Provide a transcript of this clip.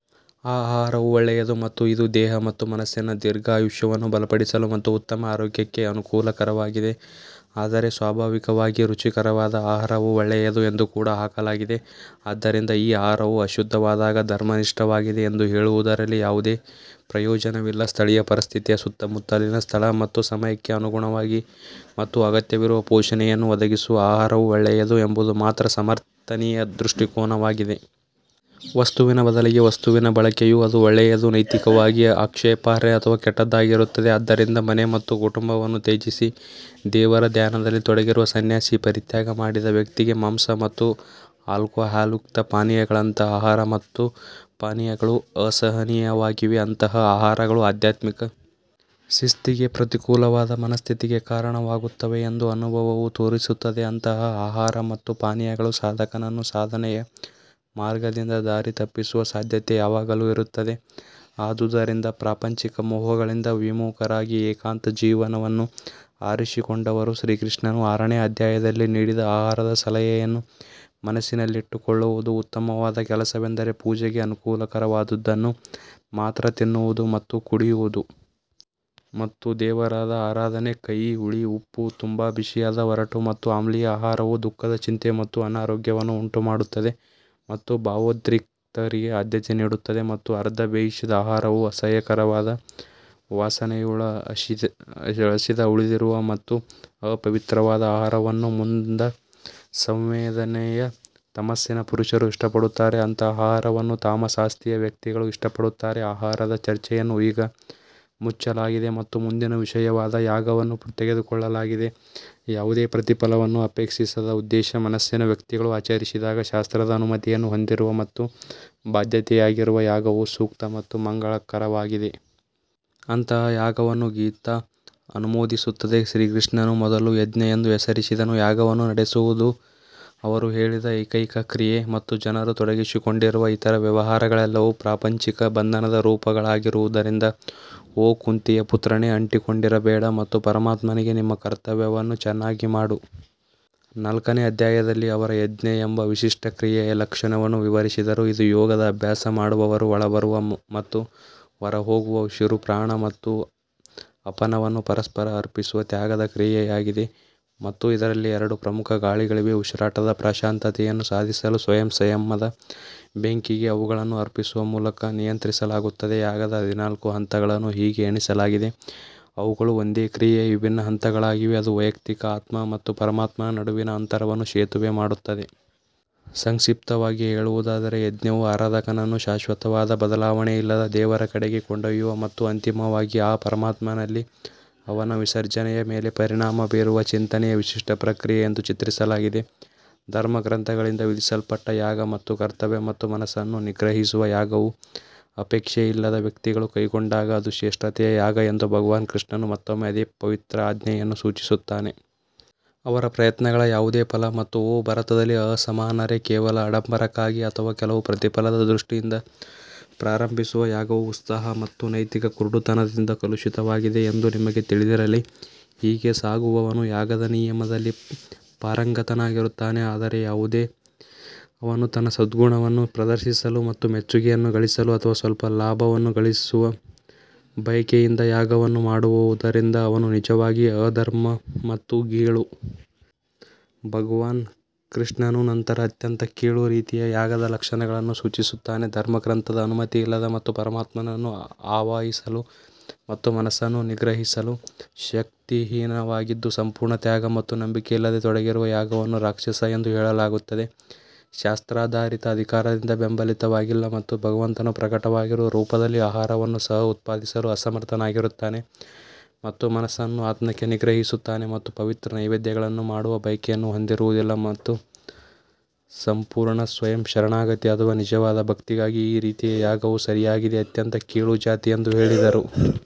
ಆ ಆಹಾರವು ಒಳ್ಳೆಯದು ಮತ್ತು ಇದು ದೇಹ ಮತ್ತು ಮನಸ್ಸಿನ ದೀರ್ಘಾಯುಷ್ಯವನ್ನು ಬಲಪಡಿಸಲು ಮತ್ತು ಉತ್ತಮ ಆರೋಗ್ಯಕ್ಕೆ ಅನುಕೂಲಕರವಾಗಿದೆ ಆದರೆ ಸ್ವಾಭಾವಿಕವಾಗಿ ರುಚಿಕರವಾದ ಆಹಾರವು ಒಳ್ಳೆಯದು ಎಂದು ಕೂಡ ಹಾಕಲಾಗಿದೆ ಆದ್ದರಿಂದ ಈ ಆಹಾರವು ಅಶುದ್ಧವಾದಾಗ ಧರ್ಮನಿಷ್ಠವಾಗಿದೆ ಎಂದು ಹೇಳುವುದರಲ್ಲಿ ಯಾವುದೇ ಪ್ರಯೋಜನವಿಲ್ಲ ಸ್ಥಳೀಯ ಪರಿಸ್ಥಿತಿಯ ಸುತ್ತಮುತ್ತಲಿನ ಸ್ಥಳ ಮತ್ತು ಸಮಯಕ್ಕೆ ಅನುಗುಣವಾಗಿ ಮತ್ತು ಅಗತ್ಯವಿರುವ ಪೋಷಣೆಯನ್ನು ಒದಗಿಸುವ ಆಹಾರವು ಒಳ್ಳೆಯದು ಎಂಬುದು ಮಾತ್ರ ಸಮರ್ಥನೀಯ ದೃಷ್ಟಿಕೋನವಾಗಿದೆ. ವಸ್ತುವಿನ ಬದಲಿಗೆ ವಸ್ತುವಿನ ಬಳಕೆಯು ಅದು ಒಳ್ಳೆಯದು ನೈತಿಕವಾಗಿ ಆಕ್ಷೇಪಾರ್ಹ ಅಥವಾ ಕೆಟ್ಟದ್ದಾಗಿರುತ್ತದೆ ಆದ್ದರಿಂದ ಮನೆ ಮತ್ತು ಕುಟುಂಬವನ್ನು ತ್ಯಜಿಸಿ ದೇವರ ಧ್ಯಾನದಲ್ಲಿ ತೊಡಗಿರುವ ಸನ್ಯಾಸಿ ಪರಿತ್ಯಾಗ ಮಾಡಿದ ವ್ಯಕ್ತಿಗೆ ಮಾಂಸ ಮತ್ತು ಆಲ್ಕೊಹಾಲ್ಯುಕ್ತ ಪಾನೀಯಗಳಂತಹ ಆಹಾರ ಮತ್ತು ಪಾನೀಯಗಳು ಅಸಹನೀಯವಾಗಿವೆ. ಅಂತಹ ಆಹಾರಗಳು ಆಧ್ಯಾತ್ಮಿಕ ಶಿಸ್ತಿಗೆ ಪ್ರತಿಕೂಲವಾದ ಮನಸ್ಥಿತಿಗೆ ಕಾರಣವಾಗುತ್ತವೆ ಎಂದು ಅನುಭವವು ತೋರಿಸುತ್ತದೆ ಅಂತಹ ಆಹಾರ ಮತ್ತು ಪಾನೀಯಗಳು ಸಾಧಕನನ್ನು ಸಾಧನೆಯ ಮಾರ್ಗದಿಂದ ದಾರಿ ತಪ್ಪಿಸುವ ಸಾಧ್ಯತೆ ಯಾವಾಗಲೂ ಇರುತ್ತದೆ ಆದುದರಿಂದ ಪ್ರಾಪಂಚಿಕ ಮೋಹಗಳಿಂದ ವಿಮುಖರಾಗಿ ಏಕಾಂತ ಜೀವನವನ್ನು ಆರಿಸಿಕೊಂಡವರು ಶ್ರೀಕೃಷ್ಣನು ಆರನೇ ಅಧ್ಯಾಯದಲ್ಲಿ ನೀಡಿದ ಆಹಾರದ ಸಲಹೆಯನ್ನು ಮನಸ್ಸಿನಲ್ಲಿಟ್ಟುಕೊಳ್ಳುವುದು ಉತ್ತಮವಾದ ಕೆಲಸವೆಂದರೆ ಪೂಜೆಗೆ ಅನುಕೂಲಕರವಾದದ್ದನ್ನು ಮಾತ್ರ ತಿನ್ನುವುದು ಮತ್ತು ಕುಡಿಯುವುದು. ಮತ್ತು ದೇವರ ಆರಾಧನೆ ಕಹಿ ಹುಳಿ ಉಪ್ಪು ತುಂಬಾ ಬಿಸಿಯಾದ ಒರಟು ಮತ್ತು ಆಮ್ಲೀಯ ಆಹಾರವು ದುಃಖದ ಚಿಂತೆ ಮತ್ತು ಅನಾರೋಗ್ಯವನ್ನು ಉಂಟುಮಾಡುತ್ತದೆ ಮತ್ತು ಭಾವೋದ್ರಿಕ್ತರಿಗೆ ಆದ್ಯತೆ ನೀಡುತ್ತದೆ ಮತ್ತು ಅರ್ಧ ಬೇಯಿಸಿದ ಆಹಾರವು ಅಸಹ್ಯಕರವಾದ ವಾಸನೆಯುಳ್ಳ ಹಳಸಿದ ಉಳಿದಿರುವ ಮತ್ತು ಅಪವಿತ್ರವಾದ ಆಹಾರವನ್ನು ಮಂದ ಸಂವೇದನೆಯ ತಮಸ್ಸಿನ ಪುರುಷರು ಇಷ್ಟಪಡುತ್ತಾರೆ ಅಂತಹ ಆಹಾರವನ್ನು ತಾಮಸ ಆಸ್ತಿಯ ವ್ಯಕ್ತಿಗಳು ಇಷ್ಟಪಡುತ್ತಾರೆ ಆಹಾರದ ಚರ್ಚೆಯನ್ನು ಈಗ ಮುಚ್ಚಲಾಗಿದೆ ಮತ್ತು ಮುಂದಿನ ವಿಷಯವಾದ ಯಾಗವನ್ನು ತೆಗೆದುಕೊಳ್ಳಲಾಗಿದೆ ಯಾವುದೇ ಪ್ರತಿಫಲವನ್ನು ಅಪೇಕ್ಷಿಸದ ಉದ್ದೇಶ ಮನಸ್ಸಿನ ವ್ಯಕ್ತಿಗಳು ಆಚರಿಸಿದಾಗ ಶಾಸ್ತ್ರದ ಅನುಮತಿಯನ್ನು ಹೊಂದಿರುವ ಮತ್ತು ಬಾಧ್ಯತೆಯಾಗಿರುವ ಯಾಗವು ಸೂಕ್ತ ಮತ್ತು ಮಂಗಳಕರವಾಗಿದೆ. ಅಂತಹ ಯಾಗವನ್ನು ಗೀತಾ ಅನುಮೋದಿಸುತ್ತದೆ ಶ್ರೀಕೃಷ್ಣನು ಮೊದಲು ಯಜ್ಞ ಎಂದು ಹೆಸರಿಸಿದನು ಯಾಗವನ್ನು ನಡೆಸುವುದು ಅವರು ಹೇಳಿದ ಏಕೈಕ ಕ್ರಿಯೆ ಮತ್ತು ಜನರು ತೊಡಗಿಸಿಕೊಂಡಿರುವ ಇತರ ವ್ಯವಹಾರಗಳೆಲ್ಲವೂ ಪ್ರಾಪಂಚಿಕ ಬಂಧನದ ರೂಪಗಳಾಗಿರುವುದರಿಂದ ಓ ಕುಂತಿಯ ಪುತ್ರನೇ ಅಂಟಿಕೊಂಡಿರಬೇಡ ಮತ್ತು ಪರಮಾತ್ಮನಿಗೆ ನಿಮ್ಮ ಕರ್ತವ್ಯವನ್ನು ಚೆನ್ನಾಗಿ ಮಾಡು. ನಾಲ್ಕನೇ ಅಧ್ಯಾಯದಲ್ಲಿ ಅವರು ಯಜ್ಞ ಎಂಬ ವಿಶಿಷ್ಟ ಕ್ರಿಯೆಯ ಲಕ್ಷಣವನ್ನು ವಿವರಿಸಿದರು ಇದು ಯೋಗದ ಅಭ್ಯಾಸ ಮಾಡುವವರು ಒಳಬರುವ ಮತ್ತು ಹೊರಹೋಗುವ ಉಸಿರು ಪ್ರಾಣ ಮತ್ತು ಅಪನವನ್ನು ಪರಸ್ಪರ ಅರ್ಪಿಸುವ ತ್ಯಾಗದ ಕ್ರಿಯೆಯಾಗಿದೆ ಮತ್ತು ಇದರಲ್ಲಿ ಎರಡು ಪ್ರಮುಖ ಗಾಳಿಗಳಿವೆ. ಉಸಿರಾಟದ ಪ್ರಶಾಂತತೆಯನ್ನು ಸಾಧಿಸಲು ಸ್ವಯಂ ಸಂಯಮದ ಬೆಂಕಿಗೆ ಅವುಗಳನ್ನು ಅರ್ಪಿಸುವ ಮೂಲಕ ನಿಯಂತ್ರಿಸಲಾಗುತ್ತದೆ ಯಾಗದ ಹದಿನಾಲ್ಕು ಹಂತಗಳನ್ನು ಹೀಗೆ ಎಣಿಸಲಾಗಿದೆ ಅವುಗಳು ಒಂದೇ ಕ್ರಿಯೆಯ ವಿಭಿನ್ನ ಹಂತಗಳಾಗಿವೆ ಅದು ವೈಯಕ್ತಿಕ ಆತ್ಮ ಮತ್ತು ಪರಮಾತ್ಮನ ನಡುವಿನ ಅಂತರವನ್ನು ಸೇತುವೆ ಮಾಡುತ್ತದೆ. ಸಂಕ್ಷಿಪ್ತವಾಗಿ ಹೇಳುವುದಾದರೆ ಯಜ್ಞವು ಆರಾಧಕನನ್ನು ಶಾಶ್ವತವಾದ ಬದಲಾವಣೆಯಿಲ್ಲದ ದೇವರ ಕಡೆಗೆ ಕೊಂಡೊಯ್ಯುವ ಮತ್ತು ಅಂತಿಮವಾಗಿ ಆ ಪರಮಾತ್ಮನಲ್ಲಿ ಅವನ ವಿಸರ್ಜನೆಯ ಮೇಲೆ ಪರಿಣಾಮ ಬೀರುವ ಚಿಂತನೆಯ ವಿಶಿಷ್ಟ ಪ್ರಕ್ರಿಯೆ ಎಂದು ಚಿತ್ರಿಸಲಾಗಿದೆ. ಧರ್ಮಗ್ರಂಥಗಳಿಂದ ವಿಧಿಸಲ್ಪಟ್ಟ ಯಾಗ ಮತ್ತು ಕರ್ತವ್ಯ ಮತ್ತು ಮನಸ್ಸನ್ನು ನಿಗ್ರಹಿಸುವ ಯಾಗವು ಅಪೇಕ್ಷೆಯಿಲ್ಲದ ವ್ಯಕ್ತಿಗಳು ಕೈಗೊಂಡಾಗ ಅದು ಶ್ರೇಷ್ಠತೆಯ ಯಾಗ ಎಂದು ಭಗವಾನ್ ಕೃಷ್ಣನು ಮತ್ತೊಮ್ಮೆ ಅದೇ ಪವಿತ್ರ ಆಜ್ಞೆಯನ್ನು ಸೂಚಿಸುತ್ತಾನೆ. ಅವರ ಪ್ರಯತ್ನಗಳ ಯಾವುದೇ ಫಲ ಮತ್ತು ಓ ಭರತದಲ್ಲಿ ಅಸಮಾನರೇ ಕೇವಲ ಆಡಂಬರಕ್ಕಾಗಿ ಅಥವಾ ಕೆಲವು ಪ್ರತಿಫಲದ ದೃಷ್ಟಿಯಿಂದ ಪ್ರಾರಂಭಿಸುವ ಯಾಗವು ಉತ್ಸಾಹ ಮತ್ತು ನೈತಿಕ ಕುರುಡುತನದಿಂದ ಕಲುಷಿತವಾಗಿದೆ ಎಂದು ನಿಮಗೆ ತಿಳಿದಿರಲಿ. ಹೀಗೆ ಸಾಗುವವನು ಯಾಗದ ನಿಯಮದಲ್ಲಿ ಪಾರಂಗತನಾಗಿರುತ್ತಾನೆ ಆದರೆ ಅವನು ತನ್ನ ಸದ್ಗುಣವನ್ನು ಪ್ರದರ್ಶಿಸಲು ಮತ್ತು ಮೆಚ್ಚುಗೆಯನ್ನು ಗಳಿಸಲು ಅಥವಾ ಸ್ವಲ್ಪ ಲಾಭವನ್ನು ಗಳಿಸುವ ಬಯಕೆಯಿಂದ ಯಾಗವನ್ನು ಮಾಡುವುದರಿಂದ ಅವನು ನಿಜವಾಗಿ ಅಧರ್ಮ ಮತ್ತು ಗೀಳು. ಭಗವಾನ್ ಕೃಷ್ಣನು ನಂತರ ಅತ್ಯಂತ ಕೀಳು ರೀತಿಯ ಯಾಗದ ಲಕ್ಷಣಗಳನ್ನು ಸೂಚಿಸುತ್ತಾನೆ ಧರ್ಮಗ್ರಂಥದ ಅನುಮತಿಯಿಲ್ಲದ ಮತ್ತು ಪರಮಾತ್ಮನನ್ನು ಆವಾಹಿಸಲು ಮತ್ತು ಮನಸ್ಸನ್ನು ನಿಗ್ರಹಿಸಲು ಶಕ್ತಿಹೀನವಾಗಿದ್ದು ಸಂಪೂರ್ಣ ತ್ಯಾಗ ಮತ್ತು ನಂಬಿಕೆಯಿಲ್ಲದೆ ತೊಡಗಿರುವ ಯಾಗವನ್ನು ರಾಕ್ಷಸ ಎಂದು ಹೇಳಲಾಗುತ್ತದೆ. ಶಾಸ್ತ್ರಾಧಾರಿತ ಅಧಿಕಾರದಿಂದ ಬೆಂಬಲಿತವಾಗಿಲ್ಲ ಮತ್ತು ಭಗವಂತನು ಪ್ರಕಟವಾಗಿರುವ ರೂಪದಲ್ಲಿ ಆಹಾರವನ್ನು ಸಹ ಉತ್ಪಾದಿಸಲು ಅಸಮರ್ಥನಾಗಿರುತ್ತಾನೆ ಮತ್ತು ಮನಸ್ಸನ್ನು ಆತ್ಮಕ್ಕೆ ನಿಗ್ರಹಿಸುತ್ತಾನೆ ಮತ್ತು ಪವಿತ್ರ ನೈವೇದ್ಯಗಳನ್ನು ಮಾಡುವ ಬಯಕೆಯನ್ನು ಹೊಂದಿರುವುದಿಲ್ಲ ಮತ್ತು ಸಂಪೂರ್ಣ ಸ್ವಯಂ ಶರಣಾಗತಿ ಅಥವಾ ನಿಜವಾದ ಭಕ್ತಿಗಾಗಿ ಈ ರೀತಿಯ ಯಾಗವು ಸರಿಯಾಗಿದೆ. ಅತ್ಯಂತ ಕೀಳು ಜಾತಿ ಎಂದು ಹೇಳಿದರು.